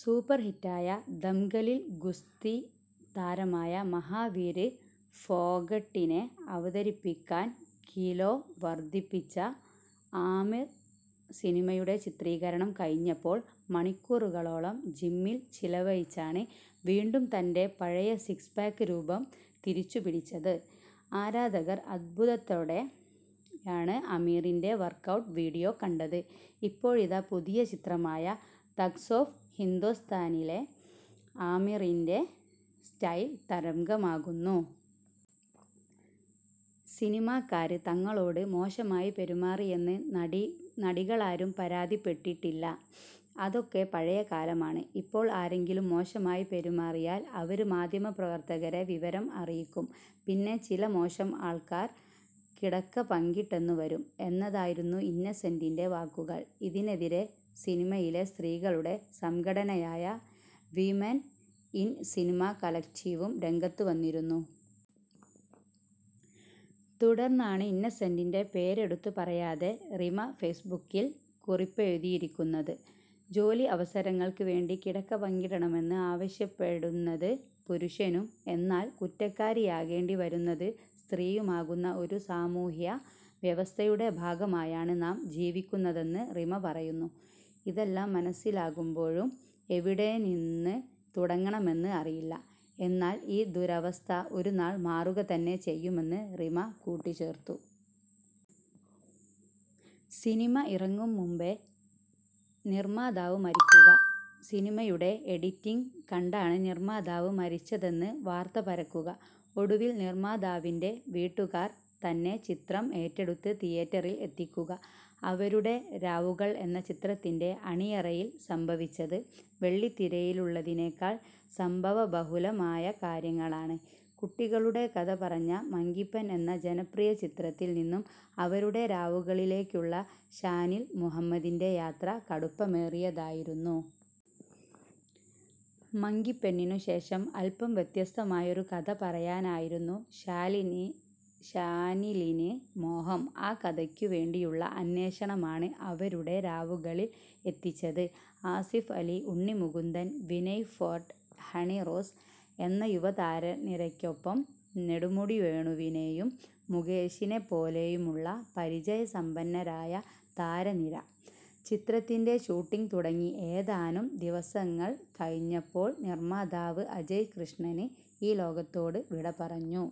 Super ഹിറ്റായ ദംഗലില് ഗുസ്തിതാരമായ മഹാവീര് ഫോഗട്ടിനെ അവതരിപ്പിക്കാന് കിലോ വര്ധിപ്പിച്ച ആമിര് സിനിമയുടെ ചിത്രീകരണം കഴിഞ്ഞപ്പോള് മണിക്കൂറുകളോളം ജിമ്മില് ചിലവഴിച്ചാണ് വീണ്ടും തന്റെ പഴയ സിക്സ് പാക്ക് രൂപം തിരിച്ചുപിടിച്ചത്. ആരാധകര് അത്ഭുതത്തോടെയാണ് ആമിറിന്റെ വര്ക്കൗട്ട് വീഡിയോ കണ്ടത്. ഇപ്പോഴിതാ പുതിയ ചിത്രമായ തഗ്സ് ഓഫ് ഹിന്ദോസ്ഥാനിലെ ആമീറിന്റെ സ്റ്റൈല് തരംഗമാകുന്നു. സിനിമാക്കാര് തങ്ങളോട് മോശമായി പെരുമാറിയെന്ന് നടികളാരും പരാതിപ്പെട്ടിട്ടില്ല. അതൊക്കെ പഴയ കാലമാണ്. ഇപ്പോള് ആരെങ്കിലും മോശമായി പെരുമാറിയാല് അവര് മാധ്യമ പ്രവര്ത്തകരെ വിവരം അറിയിക്കും. പിന്നെ ചില മോശം ആള്ക്കാര് കിടക്ക പങ്കിട്ടെന്നു വരും എന്നതായിരുന്നു ഇന്നസെന്റിന്റെ വാക്കുകള്. ഇതിനെതിരെ സിനിമയിലെ സ്ത്രീകളുടെ സംഘടനയായ വിമെന് ഇന് സിനിമ കളക്ടീവും രംഗത്ത് വന്നിരുന്നു. തുടര്ന്നാണ് ഇന്നസെന്റിന്റെ പേരെടുത്ത് പറയാതെ റിമ ഫെയ്സ്ബുക്കില് കുറിപ്പെഴുതിയിരിക്കുന്നത്. ജോലി അവസരങ്ങള്ക്ക് വേണ്ടി കിടക്ക പങ്കിടണമെന്ന് ആവശ്യപ്പെടുന്നത് പുരുഷനും എന്നാല് കുറ്റക്കാരിയാകേണ്ടി വരുന്നത് സ്ത്രീയുമാകുന്ന ഒരു സമൂഹ്യ വ്യവസ്ഥയുടെ ഭാഗമായാണ് നാം ജീവിക്കുന്നതെന്ന് റിമ പറയുന്നു. ഇതെല്ലാം മനസ്സിലാകുമ്പോഴും എവിടെ നിന്ന് തുടങ്ങണമെന്ന് അറിയില്ല. എന്നാല് ഈ ദുരവസ്ഥ ഒരു നാള് മാറുക തന്നെ ചെയ്യുമെന്ന് റിമ കൂട്ടിച്ചേര്ത്തു. സിനിമ ഇറങ്ങും മുൻപേ നിർമാതാവ് മരിക്കുക. സിനിമയുടെ എഡിറ്റിങ് കണ്ടാണ് നിർമാതാവ് മരിച്ചതെന്ന് വാർത്ത പരക്കുക. ഒടുവിൽ നിർമാതാവിന്റെ വീട്ടുകാർ തന്നെ ചിത്രം ഏറ്റെടുത്ത് തിയേറ്ററിൽ എത്തിക്കുക. അവരുടെ രാവുകൾ എന്ന ചിത്രത്തിന്റെ അണിയറയിൽ സംഭവിച്ചത് വെള്ളിത്തിരയിലുള്ളതിനേക്കാൾ സംഭവബഹുലമായ കാര്യങ്ങളാണ്. കുട്ടികളുടെ കഥ പറഞ്ഞ മങ്കിപെൻ എന്ന ജനപ്രിയ ചിത്രത്തിൽ നിന്നും അവരുടെ രാവുകളിലേയ്ക്കുള്ള ഷാനിൽ മുഹമ്മദിന്റെ യാത്ര കടുപ്പമേറിയതായിരുന്നു. മങ്കിപെന്നിനുശേഷം അല്പം വ്യത്യസ്തമായൊരു കഥ പറയാനായിരുന്നു ശാലിനിന് ഷാനിലിന് മോഹം. ആ കഥയ്ക്കു വേണ്ടിയുള്ള അന്വേഷണമാണ് അവരുടെ രാവുകളില് എത്തിച്ചത്. ആസിഫ് അലി, ഉണ്ണി മുകുന്ദന്, വിനയ് ഫോര്ട്ട്, ഹണി റോസ് എന്ന യുവതാരനിരയ്ക്കൊപ്പം നെടുമുടി വേണുവിനെയും മുകേഷിനെപ്പോലെയുമുള്ള പരിചയ സമ്പന്നരായ താരനിര. ചിത്രത്തിന്റെ ഷൂട്ടിങ് തുടങ്ങി ഏതാനും ദിവസങ്ങള് കഴിഞ്ഞപ്പോള് നിര്മാതാവ് അജയ് കൃഷ്ണന് ഈ ലോകത്തോട് വിടപറഞ്ഞു.